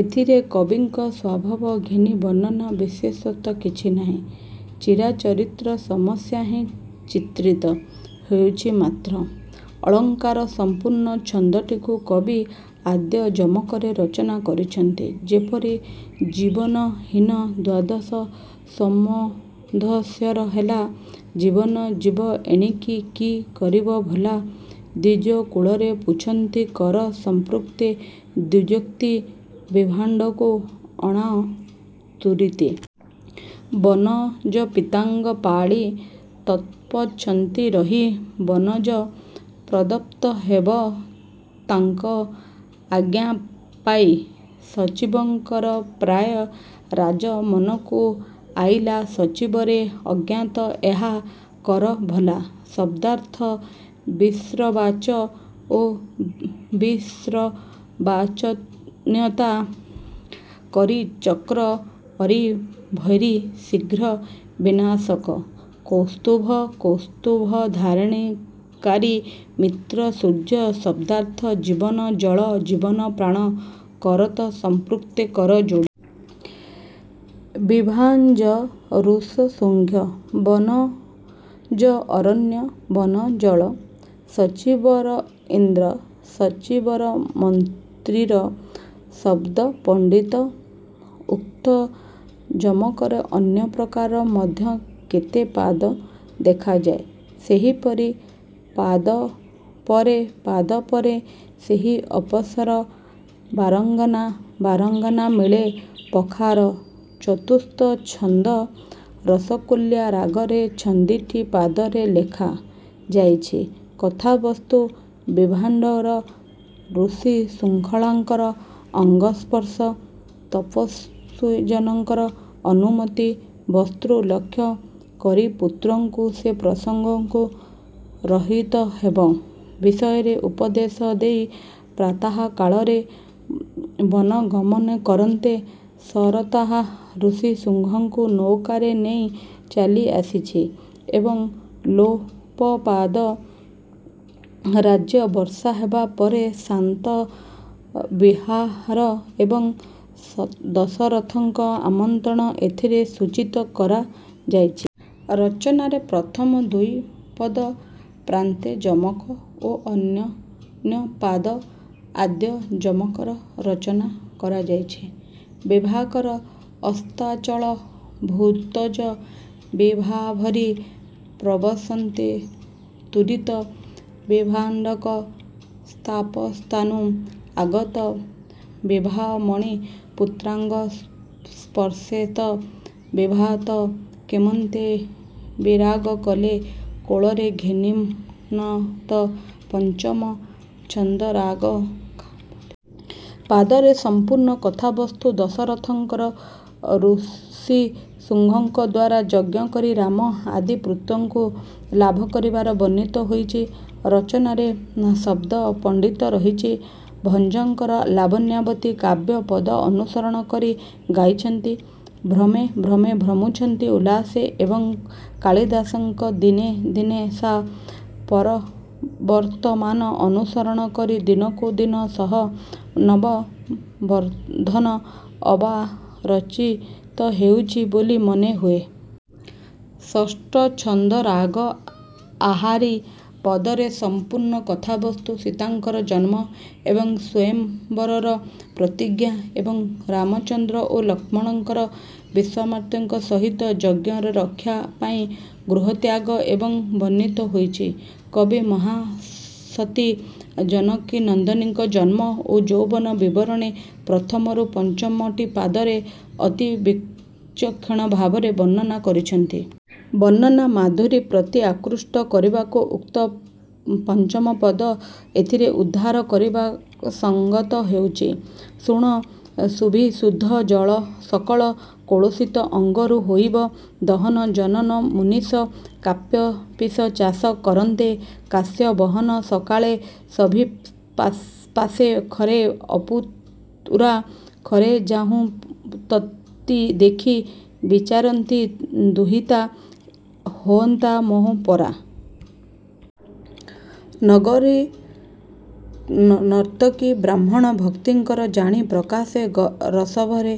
ଏଥିରେ କବିଙ୍କର ସ୍ୱଭାବଘେନି ବର୍ଣ୍ଣନା ବିଶେଷତ୍ୱ କିଛି ନାହିଁ। ଚିରାଚରିତ ସମସ୍ୟା ହିଁ ଚିତ୍ରିତ ହୋଇଛି ମାତ୍ର। ଅଳଙ୍କାର-ସଂପୂର୍ଣ୍ଣ ଛାନ୍ଦଟିକୁ କବି ଆଦ୍ୟ ଯମକରେ ରଚନା କରିଅଛନ୍ତି। ଯେପରି- ଜୀବନହୀନ ଦ୍ୱାଦଶ ସମ୍ୱତ୍ସର ହେଲା ଜୀବନ ଯିବ ଏଣିକି କି କରିବ ଭଲା। ଦ୍ୱିଜକୁଳରେ ପୁଚ୍ଛନ୍ତି କରକ ସଂଯୁକ୍ତେ ଦ୍ୱିଜୋକ୍ତି ବିଭାଣ୍ଡକକୁ ଅଣାଅ ତୁରିତେ। ବନଜ ପିତାଜ୍ଞା ପାଳି ତପେଛନ୍ତି ରହି ବନଜ ପ୍ରଦତ୍ତ ହେବ ତାଙ୍କ ଆଜ୍ଞା ପାଇ। ଶଚିବର ପ୍ରାୟ ରାଜା ମନକୁ ଅଇଲା ସଚୀବରେ ଆଜ୍ଞାଦତ୍ତ ଏହା କର ଭଲା। ଶବ୍ଦାର୍ଥ। ବିଶ୍ରବାଜ-ବିଶ୍ରବାତନୟ। ଅରି-ଚକ୍ର। ଅରି-ବୈରୀ, ଶୀଘ୍ର ବିନାଶକ। କୌସ୍ତ୍ୱଭୂ-କୌସ୍ତୁଭଧାରଣକାରୀ। ମିତ୍ର-ସୂର୍ଯ୍ୟ। ଶବ୍ଦାର୍ଥ। ଜୀବନ-ଜଳ। ଜୀବନ-ପ୍ରାଣ। କରକ ସଂପୁକ୍ତେ-କରଯୋଡ଼ି। ବିଭାଣ୍ଡଜ-ଋଷ୍ୟଶୃଙ୍ଗ। ବନଜ-ଅରଣ୍ୟ। ବନନ-ଜଳ। ଶଚିବର-ଇନ୍ଦ୍ର। ସଚୀବବ- ମନ୍ତ୍ରୀର। ଶବ୍ଦ ପାଣ୍ଡିତ୍ୟ- ଉକ୍ତ ଯମକରେ ଅନ୍ୟ ପ୍ରକାର ମଧ୍ୟ କେତେ ପଦ ଦେଖାଯାଏ। ସେପରି- ପାଦପରେ ପାଦପରେ ଦେଇ ଅପସର ବାରାଙ୍ଗନା ବାରାଙ୍ଗନା ମିଳିଲେ ପାଖର। ଚତୁର୍ଥ ଛାନ୍ଦ-ରସକୁଲ୍ୟା ରାଗରେ ଛାନ୍ଦଟି ପଦରେ ଲେଖା ଯାଇଅଛି। କଥାବସ୍ତୁ-ବିଭାଣ୍ଡକ ଋଷ୍ୟଶୃଙ୍ଗଙ୍କ ଅଙ୍ଗସ୍ପର୍ଶରେ ତପସ୍ୱୀଜନ ଅନୁଚିତ ବସ୍ତୁ ଲକ୍ଷ୍ୟ କରି ପୁତ୍ରକୁ ସେ ପ୍ରସଙ୍ଗରୁ ରହିତ ହେବା ବିଷୟରେ ଉପଦେଶ ଦେଇ ପ୍ରାତଃକାଳରେ ବନଗମନ କରନ୍ତେ, ଜରତା ୠଷ୍ୟଶୃଙ୍ଗଙ୍କୁ ନୌକାରେ ନେଇ ଚାଲିଆସିଛି ଏବଂ ଲୋମପାଦ ରାଜ୍ୟରେ ବର୍ଷା ହେବା ପରେ ଶାନ୍ତାର ବିବାହ ଏବଂ ଦଶରଥଙ୍କର ଆମନ୍ତ୍ରଣ ଏଥିରେ ସୂଚିତ କରାଯାଇଛି। ରଚନାରେ ପ୍ରଥମ ଦୁଇ ପଦ ପ୍ରାନ୍ତଯମକ ଓ ଅନ୍ୟାନ୍ୟ ପଦ ଆଦ୍ୟ ଯମକରେ ରଚନା କରାଯାଇଛି। ବିଭାକର ଅସ୍ତାଚଳ ଭଜୁତ ବିଭାବରୀ ପବେଶନ୍ତେ ତୁରିତ ବିଭାଣ୍ଡକ ତପସ୍ଥାନୁ ଆଗତ ବିଭାବ ମଣି ପୁତ୍ରାଙ୍ଗ ସ୍ପର୍ଶେତ। ବିଭାତ କେମନ୍ତ ବିରାଗ କଲେ କୋଳରେ ଘେନିତ। ପଞ୍ଚମ ଛାନ୍ଦ-ରାଗ କାମୋଦି। ପଦରେ ସମ୍ପୂର୍ଣ୍ଣ। କଥାବସ୍ତୁ- ଦଶରଥ ଋଷ୍ୟଶୃଙ୍ଗଙ୍କଦ୍ୱାରା ଯଜ୍ଞ କରି ରାମ ଆଦି ପୁତ୍ରମାନଙ୍କୁ ଲାଭ କରିବା ବର୍ଣ୍ଣିତ ହୋଇଛି। ରଚନାରେ ଶବ୍ଦପାଣ୍ଡିତ୍ୟ ରହିଛି। ଭଞ୍ଜଙ୍କ ଲାବଣ୍ୟବତୀ କାବ୍ୟର ପଦ ଅନୁସରଣ କରି ଗାଇଛନ୍ତି- ''ଭ୍ରମେ ଭ୍ରମର ଭ୍ରମୁଛନ୍ତି ଉଲ୍ଲାସେ" ଏବଂ କାଳିଦାସଙ୍କ ''ଦିନେ ଦିନେ ସା ପରିବର୍ଦ୍ଧମାନା"ଅନୁସରଣ କରି ''ଦିନକୁ ଦିନ ସହ ନବ ବର୍ଦ୍ଧନ" ଅବା ରଚିତ ହୋଇଛି ବୋଲି ମନେ ହୁଏ। ଷଷ୍ଠ ଛାନ୍ଦ-ରାଗ ଆହାରୀ। ପଦରେ ସଂପୂର୍ଣ୍ଣ। କଥାବସ୍ତୁ-ସୀତାଙ୍କର ଜନ୍ମ ଏବଂ ସ୍ୱୟଂମ୍ବର ପ୍ରତିଜ୍ଞା ଏବଂ ରାମଚନ୍ଦ୍ର ଓ ଲକ୍ଷ୍ମଣଙ୍କର ବିଶ୍ୱାମିତ୍ରଙ୍କ ସହିତ ଯଜ୍ଞରକ୍ଷା ପାଇଁ ଗୃହତ୍ୟାଗ ଏଥିରେ ବର୍ଣ୍ଣିତ ହୋଇଛି। କବି ମହାସତୀ ଜନକନନ୍ଦିନୀଙ୍କର ଜନ୍ମ ଓ ଯୌବନ ବିବରଣୀ ପ୍ରଥମରୁ ପାଞ୍ଚଟି ପଦରେ ଅତି ବିଚକ୍ଷଣ ଭାବରେ ବର୍ଣ୍ଣନା କରିଅଛନ୍ତି। ବର୍ଣ୍ଣନାମାଧୁରୀ ପ୍ରତି ଆକୃଷ୍ଟ କରିବାକୁ ଉକ୍ତ ପାଞ୍ଚପଦ ଏଥିରେ ଉଦ୍ଧାର କରିବା ସଙ୍ଗତ ହେଉଛି- ''ଶୁଣ ସୁବିଦୁଷ ସକଳ କଳ୍ବିଷ ଅଙ୍ଗରୁ ହୋଇବ ଦହନ ଜନକ ମୁନୀଶ କାଶ୍ୟପୀକି ଚାଷ କରନ୍ତେ କର୍କଶ ବହନ ସକାଳେ, ସଭିଶାପେ ଖରେ ଅପୁରା ଖରେ ଯାଉଁ ଯତି ଦେଖି ବିଚାରନ୍ତି ଦୁହିତା ହୋନ୍ତାଏ ମୋ ପରା। ନଗରୀନର୍ତ୍ତକୀ ବ୍ରହ୍ମଣ୍ୟ ଭକ୍ତିକି ଜାଣି ପ୍ରକାଶର ରଭସେ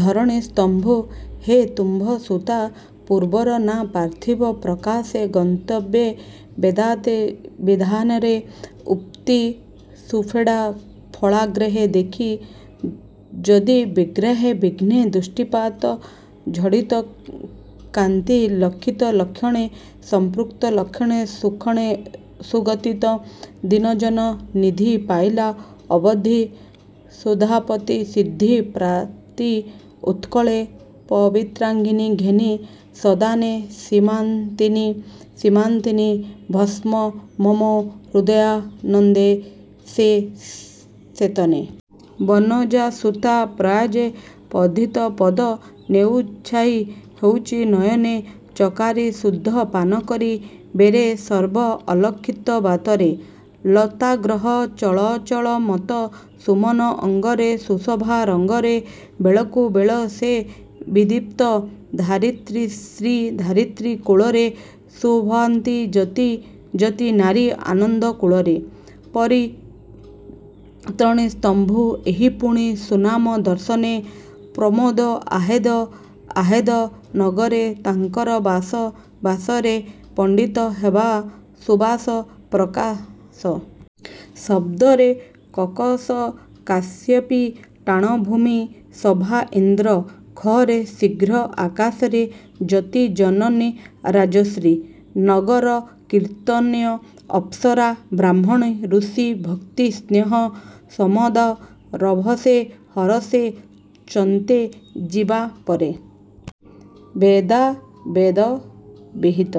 ଧରଣୀ ସମ୍ଭୂତା ହେବ ତୁମ୍ଭ ସୁତା ପୂର୍ବୁ ନାଁ ପାର୍ଥବୀ ପ୍ରକାଶେ ଗତାନ୍ତେ। ବେଧା ବିଧାନରେ ଉତ୍ପତ୍ତି ସୁଫେଡ଼ା ଫଳାଗ୍ରେ ଦେଖି ଯତି ବ୍ୟଗ୍ରେ ବିଘ୍ନେ ଦୃଷ୍ଟିପାତ ଝଟତି। କାନ୍ତିକି ଲକ୍ଷିତ ଲକ୍ଷଣେ ସଂଯୁକ୍ତ ଲକ୍ଷଣେ ସୁକ୍ଷେଣ ସୁଗତି ଦୀନଜନ ନିଧି ପାଇଲା ଅବଧି ସୁଧାପତି ସିଦ୍ଧି ପ୍ରାପତି ତତ୍କାଳେ, ପବିତ୍ରାଙ୍ଗି ଘେନି ସଦନେ ସୀମନ୍ତିନୀ-ସୀମନ୍ତିନୀ ଭୂଷା ମମ୍ମେ 'ହୃଦୟାନନ୍ଦ ସେ ତେସନେ। ବନଜସମ୍ଭୂତା ପରାୟେ ବର୍ଦ୍ଧିତା ପଦ ନିଉଛାଇ ହୋଇକି ନୟନ ଚକୋରୀ ସୁଧା ପାନକରି ବେରବେ ସର୍ବେ ଅଲକ୍ଷକି ବାତରେ, ଲତାଗ୍ର ଚଳଚଳ ମତ ସୁମନା ଅଙ୍ଗରେ ସୁଶୋଭା ରଙ୍ଗରେ ବେଳକୁ ବେଳ ସେ ବିଦୀପ୍ତ। ଧାତ୍ରୀ ଶିରୀ ଧାତ୍ରୀ କୋଳେ ସୁଶୋଭନ୍ତି ଯତି ଯତି ନାରୀ ଆନନ୍ଦ କୂଳ ପବିତ୍ରାଣୀ ସମ୍ଭୂତା ଏ ପୁଣି ସୁମନା ଦର୍ଶନେ ପ୍ରମୋଦ ଅଦେହ, ଅଦେହ ନଗ୍ରେ ଯାଙ୍କ ବାସ ବାସରେ ବାସରେ ମଣ୍ଡିତ ହେବାରେ ସୁବାସ ବାସରେ ପ୍ରକାଶ। ଶଦ୍ଦାର୍ଥ। କକଶ କାଶ୍ୟପୀ - ଟାଣଭୂମି। ସଭ - ଇନ୍ଦ୍ର। 'ଖ' ରେ - ଶୀଘ୍ର, ଆକାଶରେ। ଯତି - ଜନକ ରାଜର୍ଷି। ନଗରୀନର୍ତ୍ତକୀ - ଅପ୍ସରା। ବ୍ରାହ୍ମଣ୍ୟ - ଋଷିଙ୍କ। ଭକ୍ତି - ସ୍ନେହ, ସମାଦର। ରଭସେ - ହର୍ଷରେ। ଚତାନ୍ତେ - ଯିବାପରେ। ବେଧା - ବେଦବିହିତ।